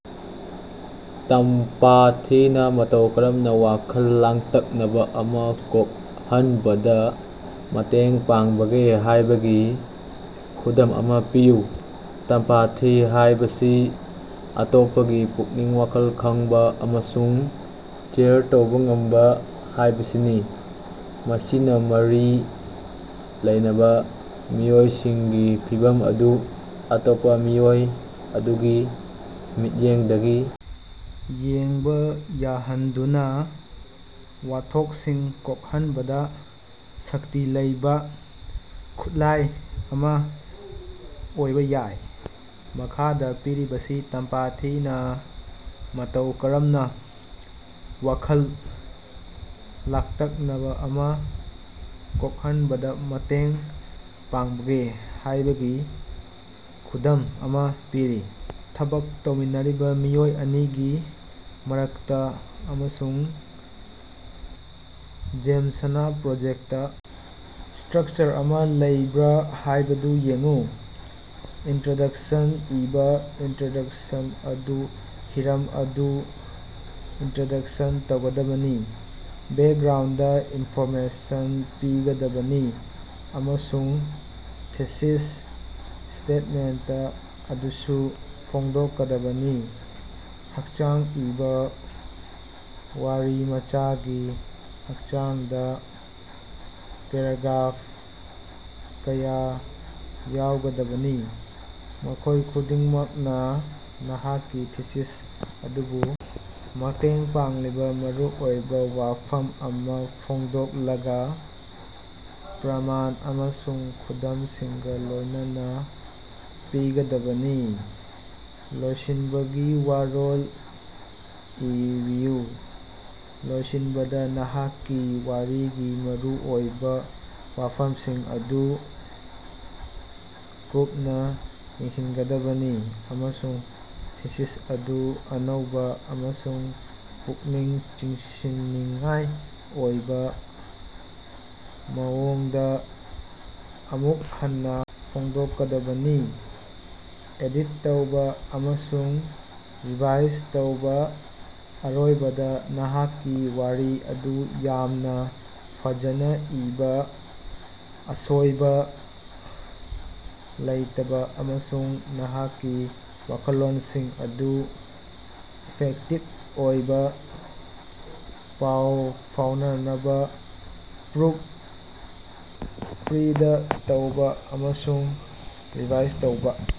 ꯇꯝꯄꯥꯊꯤꯅ ꯃꯇꯧ ꯀꯔꯝꯅ ꯋꯥꯈꯜ ꯂꯥꯡꯇꯛꯅꯕ ꯑꯃ ꯀꯣꯛꯍꯟꯕꯗ ꯃꯇꯦꯡ ꯄꯥꯡꯕꯒꯦ ꯍꯥꯏꯕꯒꯤ ꯈꯨꯗꯝ ꯑꯃ ꯄꯤꯌꯨ꯫ ꯇꯝꯄꯥꯊꯤ ꯍꯥꯏꯕꯁꯤ ꯑꯇꯣꯞꯄꯒꯤ ꯄꯨꯛꯅꯤꯡ-ꯋꯥꯈꯜ ꯈꯪꯕ ꯑꯃꯁꯨꯡ ꯁꯦꯌꯔ ꯇꯧꯕ ꯉꯝꯕ ꯍꯥꯏꯕꯁꯤꯅꯤ꯫ ꯃꯁꯤꯅ ꯃꯔꯤ ꯂꯩꯅꯕ ꯃꯤꯑꯣꯏꯁꯤꯡꯒꯤ ꯐꯤꯚꯝ ꯑꯗꯨ ꯑꯇꯣꯞꯄ ꯃꯤꯑꯣꯏ ꯑꯗꯨꯒꯤ ꯃꯤꯠꯌꯦꯡꯗꯒꯤ ꯌꯦꯡꯕ ꯌꯥꯍꯟꯗꯨꯅꯥ ꯋꯥꯊꯣꯛꯁꯤꯡ ꯀꯣꯛꯍꯟꯕꯗ ꯁꯛꯇꯤ ꯂꯩꯕ ꯈꯨꯠꯂꯥꯏ ꯑꯃ ꯑꯣꯏꯕ ꯌꯥꯏ꯫ ꯃꯈꯥꯗ ꯄꯤꯔꯤꯕꯁꯤ ꯇꯝꯄꯥꯊꯤꯅ ꯃꯇꯧ ꯀꯔꯝꯅ ꯋꯥꯈꯜ ꯂꯥꯡꯇꯛꯅꯕ ꯑꯃ ꯀꯣꯛꯍꯟꯕꯗ ꯃꯇꯦꯡ ꯄꯥꯡꯕꯒꯦ ꯍꯥꯏꯕꯒꯤ ꯈꯨꯗꯝ ꯑꯃ ꯄꯤꯔꯤ: ꯊꯕꯛ ꯇꯧꯃꯤꯟꯅꯔꯤꯕ ꯃꯤꯑꯣꯏ ꯑꯅꯤꯒꯤ ꯃꯔꯛꯇ ꯑꯃꯁꯨꯡ ꯖꯦꯝꯁꯅ ꯄ꯭ꯔꯣꯖꯦꯛꯇ ꯁ꯭ꯇꯔꯛꯆꯔ ꯑꯃ ꯂꯩꯕ꯭ꯔꯥ ꯍꯥꯏꯕꯗꯨ ꯌꯦꯡꯎ꯫ ꯏꯟꯇ꯭ꯔꯣꯗ꯭ꯌꯨꯁꯟ ꯏꯕ ꯏꯟꯇ꯭ꯔꯣꯗ꯭ꯌꯨꯁꯟ ꯑꯗꯨꯗ ꯍꯤꯔꯝ ꯑꯗꯨ ꯏꯟꯇ꯭ꯔꯣꯗ꯭ꯌꯨꯁꯟ ꯇꯧꯒꯗꯕꯅꯤ, ꯕꯦꯛꯒ꯭ꯔꯥꯎꯟꯗ ꯏꯟꯐꯣꯔꯃꯦꯁꯟ ꯄꯤꯒꯗꯕꯅꯤ ꯑꯃꯁꯨꯡ ꯊꯤꯁꯤꯁ ꯁ꯭ꯇꯦꯠꯃꯦꯟꯇ ꯑꯗꯨꯁꯨ ꯐꯣꯡꯗꯣꯛꯀꯗꯕꯅꯤ꯫ ꯍꯛꯆꯥꯡ ꯏꯕ: ꯋꯥꯔꯤꯃꯆꯥꯒꯤ ꯍꯛꯆꯥꯡꯗ ꯄꯦꯔꯥꯒ꯭ꯔꯥꯐ ꯀꯌ ꯌꯥꯎꯒꯗꯕꯅꯤ, ꯃꯈꯣꯏ ꯈꯨꯗꯤꯡꯃꯛꯅ ꯅꯍꯥꯛꯀꯤ ꯊꯤꯁꯤꯁ ꯑꯗꯨꯕꯨ ꯃꯇꯦꯡ ꯄꯥꯡꯂꯤꯕ ꯃꯔꯨꯑꯣꯏꯕ ꯋꯥꯐꯝ ꯑꯃ ꯐꯣꯡꯗꯣꯛꯂꯒ, ꯄ꯭ꯔꯃꯥꯟ ꯑꯃꯁꯨꯡ ꯈꯨꯗꯝꯁꯤꯡꯒ ꯂꯣꯏꯅꯅ ꯄꯤꯒꯗꯕꯅꯤ꯫ ꯂꯣꯏꯁꯤꯟꯕꯒꯤ ꯋꯥꯔꯣꯜ ꯏꯕꯤꯌꯨ: ꯂꯣꯏꯁꯤꯟꯕꯗ ꯅꯍꯥꯛꯀꯤ ꯋꯥꯔꯤꯒꯤ ꯃꯔꯨꯑꯣꯏꯕ ꯋꯥꯐꯝꯁꯤꯡ ꯑꯗꯨ ꯀꯨꯞꯅ ꯌꯦꯡꯁꯤꯟꯒꯗꯕꯅꯤ ꯑꯃꯁꯨꯡ ꯊꯤꯁꯤꯁ ꯑꯗꯨ ꯑꯅꯧꯕ ꯑꯃꯁꯨꯡ ꯄꯨꯛꯅꯤꯡ ꯆꯤꯡꯁꯤꯟꯅꯤꯡꯉꯥꯏ ꯑꯣꯏꯕ ꯃꯑꯣꯡꯗ ꯑꯃꯨꯛ ꯍꯟꯅ ꯐꯣꯡꯗꯣꯛꯀꯗꯕꯅꯤ꯫ ꯑꯦꯗꯤꯠ ꯇꯧꯕ ꯑꯃꯁꯨꯡ ꯔꯤꯚꯥꯏꯁ ꯇꯧꯕ: ꯑꯔꯣꯏꯕꯗ, ꯅꯍꯥꯛꯀꯤ ꯋꯥꯔꯤ ꯑꯗꯨ ꯌꯥꯝꯅ ꯐꯖꯅ ꯏꯕ, ꯑꯁꯣꯏꯕ ꯂꯩꯇꯕ ꯑꯃꯁꯨꯡ ꯅꯍꯥꯛꯀꯤ ꯋꯥꯈꯜꯂꯣꯟꯁꯤꯡ ꯑꯗꯨ ꯏꯐꯦꯛꯇꯤꯚ ꯑꯣꯏꯅ ꯄꯥꯎ ꯐꯥꯎꯅꯅꯕ ꯄ꯭ꯔꯨꯐ ꯔꯤꯗ ꯇꯧꯕ ꯑꯃꯁꯨꯡ ꯔꯤꯚꯥꯏꯁ ꯇꯧꯕ꯫